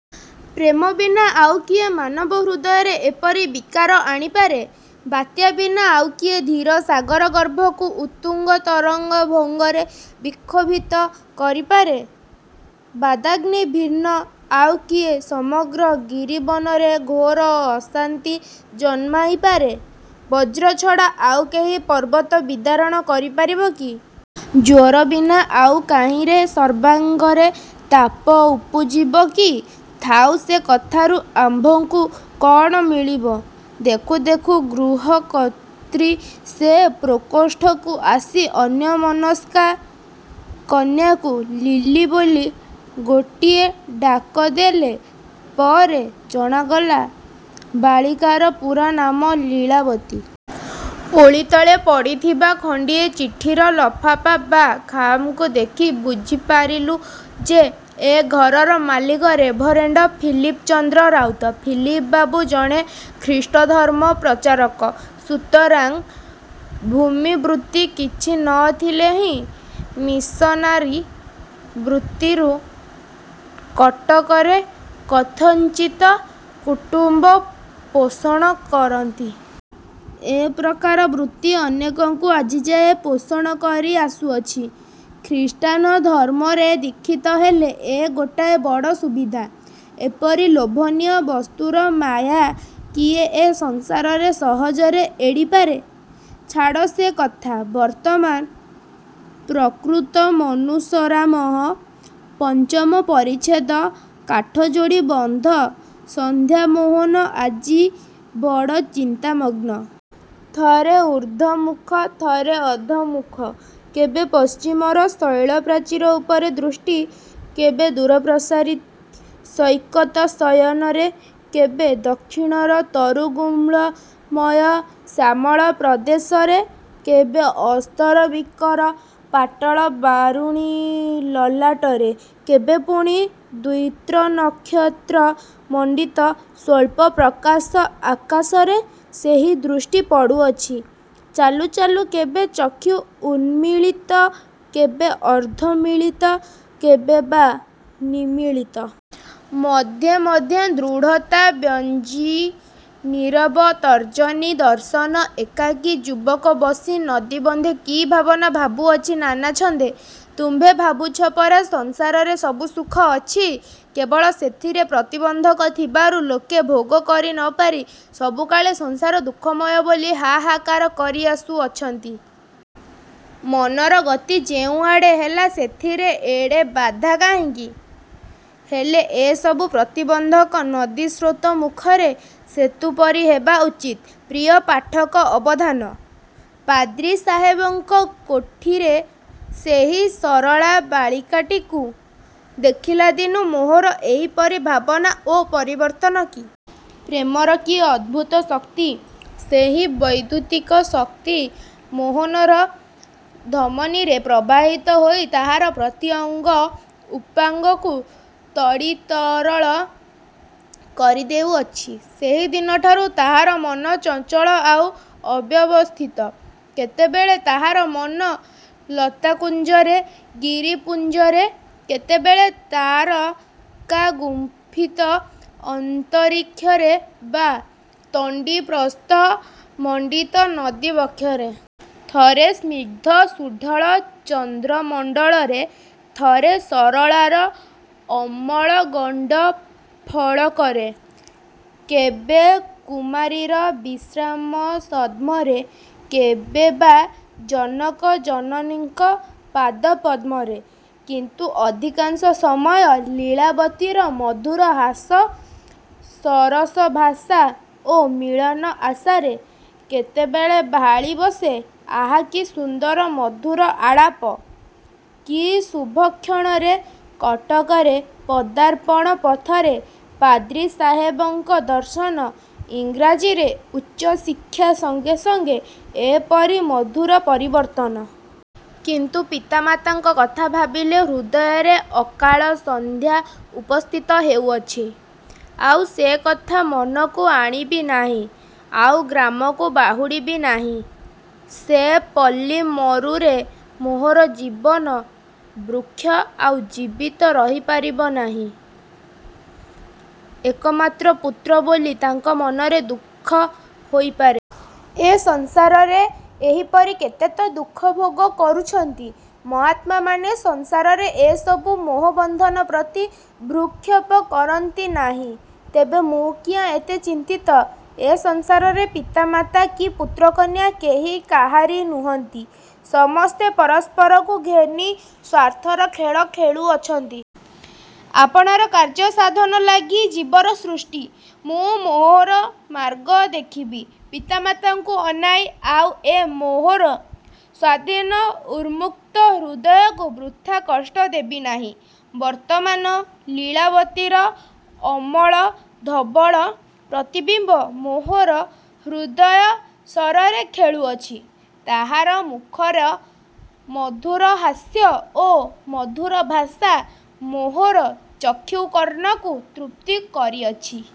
ପ୍ରେମ ବିନା ଆଉ କିଏ ମାନବହୃଦୟରେ ଏପରି ବିକାର ଆଣି ପାରେ? ବାତ୍ୟା ବିନା ଆଉ କିଏ ଧୀର ସାଗର ଗର୍ଭକୁ ଉତ୍ତୁଙ୍ଗତରଙ୍ଗଭଙ୍ଗରେ ବିକ୍ଷୋଭିତ କରି ପାରେ? ଦାବାଗ୍ନି ଭିନ୍ନ ଆଉ କିଏ ସମଗ୍ର ଗିରିବନରେ ଘୋର ଅଶାନ୍ତି ଜନ୍ମାଇ ପାରେ? ବଜ୍ର ଛଡ଼ା ଆଉ କେହି ପର୍ବତ ବିଦାରଣ କରି ପାରିବ କି? ଜ୍ୱର ବିନା ଆଉ କାହିଁରେ ସର୍ବାଙ୍ଗରେ ତାପ ଉପୁଜିବ କି? ଥାଉ, ସେ କଥାରୁ ଆମ୍ଭଙ୍କୁ କଣ ମିଳିବ? ଦେଖୁ ଦେଖୁ ଗୃହକର୍ତ୍ତ୍ରୀ ସେ ପ୍ରକୋଷ୍ଠକୁ ଆସି ଅନ୍ୟମନସ୍କା କନ୍ୟାକୁ 'ଲିଲି' ବୋଲି ଗୋଟିଏ ଡାକ ଦେଲେ। ପରେ ଜଣାଗଲା, ବାଳିକାର ପୂରା ନାମ 'ଲୀଳାବତୀ'। ଓଳିତଳେ ପଡ଼ିଥିବା ଖଣ୍ଡିଏ ଚିଠିର ଲଫାପା ବା ଖାମକୁ ଦେଖି ବୁଝି ପାରିଲୁଁ ଯେ, ଏ ଘରର ମାଲିକ ରେଭରେଣ୍ଡ ଫିଲିପଚନ୍ଦ୍ର ରାଉତ। ଫିଲପ ବାବୁ ଜଣେ ଖ୍ରୀଷ୍ଟଧର୍ମ ପ୍ରଚାରକ। ସୁତରାଂ ଭୂମିବୃତ୍ତି କିଛି ନ ଥିଲେହେଁ ମିଶନାରୀ ବୃତ୍ତିରୁ କଟକରେ କଥଞ୍ଚିତ୍ କୁଟୁମ୍ୱ ପୋଷଣ କରନ୍ତି। ଏପ୍ରକାର ବୃତ୍ତି ଅନେକଙ୍କୁ ଆଜିଯାଏ ପୋଷଣ କରି ଆସୁଅଛି। ଖ୍ରୀଷ୍ଟାନଧର୍ମରେ ଦୀକ୍ଷିତ ହେଲେ ଏ ଗୋଟାଏ ବଡ଼ ସୁବିଧା! ଏପରି ଲୋଭନୀୟ ବସ୍ତୁର ମାୟା କିଏ ଏ ସଂସାରରେ ସହଜରେ ଏଡ଼ିପାରେ? ଛାଡ଼ ସେ କଥା ବର୍ତ୍ତମାନ 'ପ୍ରକୃତମନୁସରାମଃ'। ପଞ୍ଚମ ପରିଚ୍ଛେଦ କାଠଯୋଡ଼ୀବନ୍ଧ ସନ୍ଧ୍ୟା ମୋହନ ଆଜି ବଡ଼ ଚିନ୍ତାମଗ୍ନ। ଥରେ ଉର୍ଦ୍ଧ୍ୱମୁଖ, ଥରେ ଅଧୋମୁଖ। କେବେ ପଶ୍ଚିମର ଶୈଳପ୍ରାଚୀର ଉପରେ ଦୃଷ୍ଟି -କେବେ ଦୂରପ୍ରସାରି-ସୈକତଶୟନରେ କେବେ ଦକ୍ଷିଣର ତରୁଗୁଳ୍ମମୟ ଶ୍ୟାମଳ ପ୍ରଦେଶରେ କେବେ ଅସ୍ତରବିକରପାଟଳ ବାରୁଣୀଲଲାଟରେ କେବେ ପୁଣି ଦ୍ୱିତ୍ରନକ୍ଷତ୍ରମଣ୍ଡିତ ସ୍ୱଳ୍ପ ପ୍ରକାଶ ଆକାଶରେ ସେହି ଦୃଷ୍ଟି ପଡୁଅଛି। ଚାଲୁ ଚାଲୁ କେବେ ଚକ୍ଷୁ ଉନ୍ମୀଳିତ କେବେ ଅର୍ଦ୍ଧମୀଳିତ କେବେ ବା ନିମୀଳିତ। ମଧ୍ୟେ ମଧ୍ୟେ ଦୃଢ଼ତାବ୍ୟଞ୍ଜୀ ନୀରବ ତର୍ଜନୀ ଦର୍ଶନ! ଏକାକୀ ଯୁବକ ବସି ନଦୀ ବନ୍ଧେ କି ଭାବନା ଭାବୁଅଛି ନାନାଛନ୍ଦେ! ତୁମ୍ଭେ ଭାବୁଛ ପରା ସଂସାରରେ ସବୁ ସୁଖ ଅଛି। କେବଳ ସେଥିରେ ପ୍ରତିବନ୍ଧକ ଥିବାରୁ ଲୋକେ ଭୋଗ କରି ନ ପାରି ସବୁକାଳେ 'ସଂସାର ଦୁଃଖମୟ' ବୋଲି ହାହାକାର କରିଆସୁଅଛନ୍ତି। ମନର ଗତି ଯେଉଁଆଡ଼େ ହେଲା, ସେଥିରେ ଏଡ଼େ ବାଧା କାହିଁକି? ହେଲେ ଏସବୁ ପ୍ରତିବନ୍ଧକ ନଦୀସ୍ରୋତମୁଖରେ ସେତୁ ପରି ହେବା ଉଚିତ। ପ୍ରିୟ ପାଠକ ଅବଧାନ! ପାଦ୍ରି ସାହେବଙ୍କ କୋଠିରେ ସେହି ସରଳା ବାଳିକାଟିକୁ ଦେଖିଲା ଦିନୁ ମୋହନର ଏପରି ଭାବନା ଓ ପରିବର୍ତ୍ତନ କି? ପ୍ରେମର କି ଅଦ୍ଭୁତ ଶକ୍ତି! ସେହି ବୈଦ୍ୟୁତିକ ଶକ୍ତି ମୋହନର ଧମନୀରେ ପ୍ରବାହିତ ହୋଇ ତାହାର ପ୍ରତି ଅଙ୍ଗ ଉପାଙ୍ଗକୁ ତଡ଼ିତ୍ତରଳ କରିଦେଉଅଛି। ସେହିଦିନଠାରୁ ତାହାର ମନ ଚଞ୍ଚଳ ଆଉ ଅବ୍ୟବସ୍ଥିତ। କେତେବେଳେ ତାହାର ମନ ଲତାକୁଞ୍ଜରେ-ଗିରିପୁଞ୍ଜରେ, କେତେବେଳେ ତାରକାଗୁମ୍ପିତ ଅନ୍ତରୀକ୍ଷରେ ବା ତଣ୍ଡିପ୍ରସ୍ଥମଣ୍ଡିତ ନଦୀବକ୍ଷରେ। ଥରେ ସ୍ନିଗ୍ଧ ସୁଢଳ ଚନ୍ଦ୍ରମଣ୍ଡଳରେ ଥରେ ସରଳାର ଅମଳଗଣ୍ଡଫଳକରେ। କେବେ କୁମାରୀର ବିଶ୍ରାମସଦ୍ମରେ, କେବେ ବା ଜନକ-ଜନନୀଙ୍କ ପାଦପଦ୍ମରେ। କିନ୍ତୁ ଅଧିକାଂଶ ସମୟ ଲୀଳାବତୀର ମଧୁର ହାସ, ସରସଭାଷା ଓ ମିଳନ ଆଶାରେ। କେତେବେଳେ ଭାଳି ବସେ, ''ଆହା! କି ସୁନ୍ଦର ମଧୁର ଆଳାପ! କି ଶୁଭକ୍ଷଣରେ କଟକରେ ପଦାର୍ପଣ-ପଥରେ ପାଦ୍ରୀ ସାହେବଙ୍କ ଦର୍ଶନ ଇଂରାଜୀରେ ଉଚ୍ଚ ଶିକ୍ଷା ସଙ୍ଗେ ସଙ୍ଗେ ଏପରି ମଧୁର ପରିବର୍ତ୍ତନ। କିନ୍ତୁ ପିତା ମାତାଙ୍କ କଥା ଭାବିଲେ ହୃଦୟରେ ଅକାଳ ସନ୍ଧ୍ୟା ଉପସ୍ଥିତ ହେଉଅଛି! ଆଉ ସେ କଥା ମନକୁ ଆଣିବି ନାହିଁ ଆଉ ଗ୍ରାମକୁ ବାହୁଡ଼ିବି ନାହିଁ। ସେ ପଲ୍ଲୀମରୁରେ ମୋହର ଜୀବନବୃକ୍ଷ ଆଉ ଜୀବିତ ରହିପାରିବ ନାହିଁ। ଏକମାତ୍ର ପୁତ୍ର ବୋଲି ତାଙ୍କ ମନରେ ଦୁଃଖ ହୋଇପାରେ। ଏ ସଂସାରରେ ଏହିପରି କେତେ ତ ଦୁଃଖ ଭୋଗ କରୁଛନ୍ତି। ମହାତ୍ମାମାନେ ସଂସାରରେ ଏ ସବୁ ମୋହବନ୍ଧନ ପ୍ରତି ଭ୍ରୂକ୍ଷେପ କରନ୍ତି ନାହିଁ। ତେବେ ମୁଁ କିଆଁ ଏତେ ଚିନ୍ତିତ? ଏ ସଂସାରରେ ପିତାମାତା କି ପୁତ୍ରକନ୍ୟା କେହି କାହାରି ନୁହଁନ୍ତି। ସମସ୍ତେ ପରସ୍ପରକୁ ଘେନି ସ୍ୱାର୍ଥର ଖେଳ ଖେଳୁଅଛନ୍ତି। ଆପଣାର କାର୍ଯ୍ୟ ସାଧନଲାଗି ଜୀବର ସୃଷ୍ଟି। ମୁଁ ମୋହର ମାର୍ଗ ଦେଖିବି! ପିତା ମାତାଙ୍କୁ ଅନାଇ ଆଉ ଏ ମୋହର ସ୍ୱାଧୀନ ଉନ୍ମୁକ୍ତ ହୃଦୟକୁ ବୃଥା କଷ୍ଟ ଦେବି ନାହିଁ। ବର୍ତ୍ତମାନ ଲୀଳାବତୀର ଅମଳ ଧବଳ ପ୍ରତିବିମ୍ୱ ମୋହର ହୃଦୟ-ସରରେ ଖେଳୁଅଛି। ତାହାର ମୁଖର ମଧୁର ହାସ୍ୟ ଓ ମଧୁର ଭାଷା ମୋହର ଚକ୍ଷୁ କର୍ଣ୍ଣକୁ ତୃପ୍ତ କରିଅଛି।